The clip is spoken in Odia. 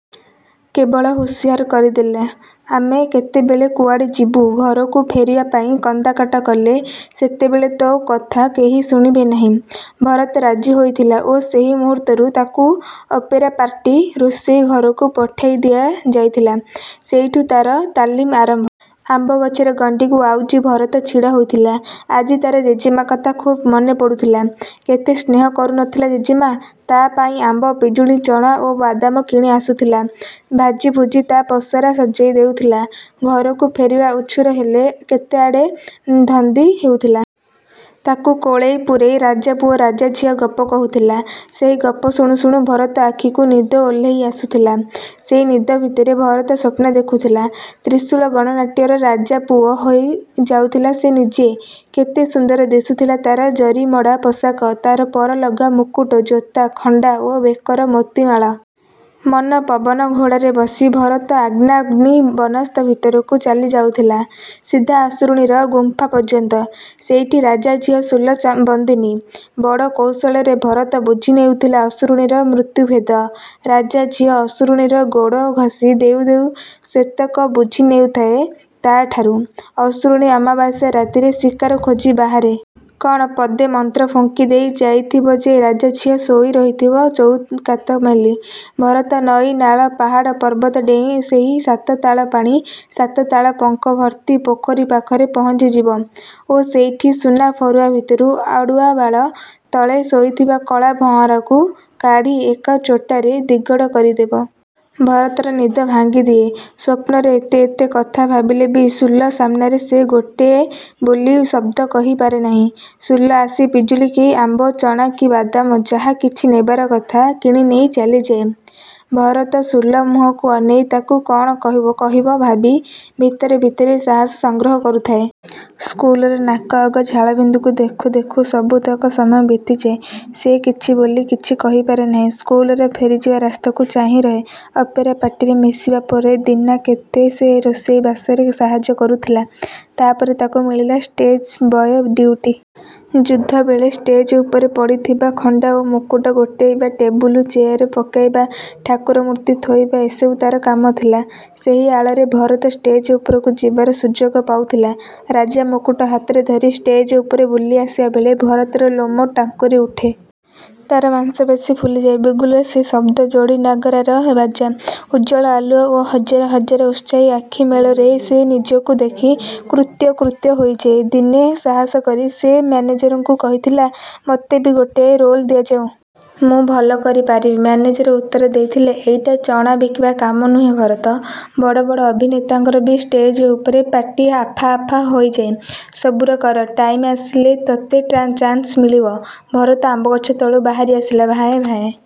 କେବଳ ହୁସିଆର କରିଦେଲା, "ଆମେ କେତେବେଳେ କୁଆଡ଼େ ଯିବୁ। ଘରକୁ ଫେରିବା ପାଇଁ କନ୍ଦାକଟା କଲେ ସେତେବେଳେ ତୋ କଥା କେହି ଶୁଣିବେ ନାହିଁ।" ଭରତ ରାଜି ହୋଇଥିଲା ଓ ସେହି ମୁହୂର୍ତ୍ତରୁ ତାକୁ ଅପେରା ପାର୍ଟି ରୋଷେଇ ଘରକୁ ପଠେଇ ଦିଆଯାଇଥିଲା। ସେଇଠୁ ତାର ତାଲିମ ଆରମ୍ଭ। ଆମ୍ବଗଛର ଗଣ୍ଡିକୁ ଆଉଜି ଭରତ ଛିଡ଼ାହୋଇଥିଲା। ଆଜି ତାର ଜେଜେମା କଥା ଖୁବ୍ ମନେ ପଡ଼ୁଥିଲା। କେତେ ସ୍ନେହ କରୁନଥିଲା ଜେଜେମା। ତା ପାଇଁ ଆମ୍ବ, ପିଜୁଳି, ଚଣା ଓ ବାଦାମ କିଣିଆସୁଥିଲା। ଭାଜିଭୁଜି ତା ପସରା ସଜେଇ ଦେଉଥିଲା। ଘରକୁ ଫେରିବା ଉଛୁର ହେଲେ କେତେଆଡ଼ ଧନ୍ଦି ହେଉଥିଲା। ତାକୁ କୋଳରେ ପୂରେଇ ରାଜାପୁଅ ରାଜାଝିଅ ଗପ କହୁଥିଲା। ସେହି ଗପ ଶୁଣୁଶୁଣୁ ଭରତ ଆଖିକୁ ନିଦ ଓହ୍ଲେଇ ଆସୁଥିଲା। ସେଇ ନିଦ ଭିତରେ ଭରତ ସ୍ୱପ୍ନ ଦେଖୁଥିଲା, 'ତ୍ରିଶୂଳ ଗଣନାଟ୍ୟ'ର ରାଜାପୁଅ ହେଇଯାଉଥିଲା ସେ ନିଜେ। କେତେ ସୁନ୍ଦର ଦିଶୁଥିଲା ତାର ଜରିମଡ଼ା ପୋଷାକ, ତାର ପରଲଗା ମକୁଟୁ, ଜୋତା, ଖଣ୍ଡା ଓ ବେକର ମୋତିମାଳ। ମନପବନ ଘୋଡ଼ାରେ ବସି ଭରତ ଅଗ୍ନାଅଗ୍ନି ବନସ୍ତ ଭିତରକୁ ଚାଲିଯାଉଥିଲା, ସିଧା ଅସୁରୁଣୀର ଗୁମ୍ଫା ପର୍ଯ୍ୟନ୍ତ। ସେଇଠି ରାଜାଝିଅ ସୁଲ ବନ୍ଦିନୀ। ବଡ଼ କୌଶଳରେ ଭରତ ବୁଝିନେଉଥିଲା ଅସୁରୁଣୀର ମୃତ୍ୟୁଭେଦ। ରାଜାଝିଅ ଅସୁରୁଣୀର ଗୋଡ଼ ଘଷି ଦେଉଦେଉ ସେତକ ବୁଝିନେଇଥାଏ ତାଠାରୁ। ଅସୁରୁଣୀ ଅମାବାସ୍ୟା ରାତିରେ ଶିକାର ଖୋଜି ବାହାରେ। କଣ ପଦେ ମନ୍ତ୍ର ଫୁଙ୍କିଦେଇ ଯାଇଥିବ ଯେ ରାଜାଝିଅ ଶୋଇରହିଥିବ ଚଉକାତ ମେଲି। ଭରତ ନଈ, ନାଳ, ପାହାଡ଼, ପର୍ବତ ଡେଇଁ ସେହି ସାତ ତାଳ ପାଣି, ସାତ ତାଳ ପଙ୍କ ଭର୍ତ୍ତି ପୋଖରୀ ପାଖରେ ପହଞ୍ଚିଯିବ ଓ ସେଇଠି ସୁନାଫରୁଆ ଭିତରୁ ଅଡ଼ୁଆବାଳ ତଳେ ଶୋଇଥିବା କଳାଭଆଁରକୁ କାଢ଼ି ଏକା ଚୋଟରେ ଦିଗଡ଼ କରିଦେବ। ଭରତର ନିଦ ଭାଙ୍ଗିଦିଏ। ସ୍ୱପ୍ନରେ ଏତେ ଏତେ କଥା ଭାବିଲେ ବି ସୁଲ ସାମ୍ନାରେ ସେ ଗୋଟେ ବୋଲି ଶବ୍ଦ କହିପାରେ ନାହିଁ। ସୁଲ ଆସେ, ପିଜୁଳି କି ଆମ୍ବ, ଚଣା କି ବାଦାମ, ଯାହା କିଛି ନେବାର କଥା କିଣିନେଇ ଚାଲିଯାଏ। ଭରତ ସୁଲ ମୁହଁକୁ ଅନେଇ ତାକୁ କଣ କହିବ କହିବ ଭାବି ଭିତରେ ଭିତରେ ସାହସ ସଂଗ୍ରହ କରୁଥାଏ। ସ୍କୁଲର ନାକଅଗ ଝାଳବିନ୍ଦୁକୁ ଦେଖୁ ଦେଖୁ ସବୁତକ ସମୟ ବିତିଯାଏ। ସେ କିଛି ବୋଲି କିଛି କହିପାରେ ନାହିଁ। ସ୍କୁଲର ଫେରିଯିବା ରାସ୍ତାକୁ ଚାହିଁ ରହେ। ଅପେରା ପାର୍ଟିରେ ମିଶିବା ପରେ ଦିନାକେତେ ସେ ରୋଷେଇବାସରେ ସାହାଯ୍ୟ କରୁଥିଲା। ତାପରେ ତାକୁ ମିଳିଲା ଷ୍ଟେଜ୍‌ବୟ ଡ୍ୟୁଟି। ଯୁଦ୍ଧବେଳେ ଷ୍ଟେଜ୍ ଉପରେ ପଡ଼ିଥିବା ଖଣ୍ଡା ଓ ମୁକୁଟ ଗୋଟେଇବା, ଟେବୁଲ, ଚେୟାର ପକେଇବା, ଠାକୁର ମୂର୍ତ୍ତି ଥୋଇବା ଏସବୁ ତାର କାମ ଥିଲା। ସେହି ଆଳରେ ଭରତ ଷ୍ଟେଜ୍ ଉପରକୁ ଯିବାର ସୁଯୋଗ ପାଉଥିଲା। ରାଜାମୁକୁଟ ହାତରେ ଧରି ଷ୍ଟେଜ୍ ଉପରେ ବୁଲି ଆସିବା ବେଳେ ଭରତର ଲୋମ ଟାଙ୍କୁରି ଉଠେ। ତାର ମାଂସପେଶୀ ଫୁଲିଯାଏ। ବିଗୁଲ୍‌ର ସେ ଶବ୍ଦ, ଯୋଡ଼ିନାଗରାର ବାଜା, ଉଜ୍ଜ୍ୱଳ ଆଲୁଅ ଓ ହଜାର ହଜାର ଉତ୍ସାହୀ ଆଖି ମେଳରେ ସେ ନିଜକୁ ଦେଖି କୃତ୍ୟ କୃତ୍ୟ ହୋଇଯାଏ। ଦିନେ ସାହସ କରି ସେ ମ୍ୟାନେଜରଙ୍କୁ କହିଥିଲା, "ମୋତେ ବି ଗୋଟାଏ ରୋଲ୍ ଦିଆଯାଉ। ମୁଁ ଭଲ କରିପାରିବି।" ମ୍ୟାନେଜର ଉତ୍ତର ଦେଇଥିଲେ, "ଏଇଟା ଚଣା ବିକିବା କାମ ନୁହେଁ ଭରତ। ବଡ଼ ବଡ଼ ଅଭିନେତାଙ୍କର ବି ଷ୍ଟେଜ୍ ଉପରେ ପାଟି ଆଫା ଆଫା ହୋଇଯାଏ। ସବୁର୍ କର। ଟାଇମ୍‌ ଆସିଲେ ତୋତେ ଚାନ୍ସ ମିଳିବ।" ଭରତ ଆମ୍ବଗଛ ତଳୁ ବାହାରି ଆସିଲା। ଭାଏଁ ଭାଏଁ।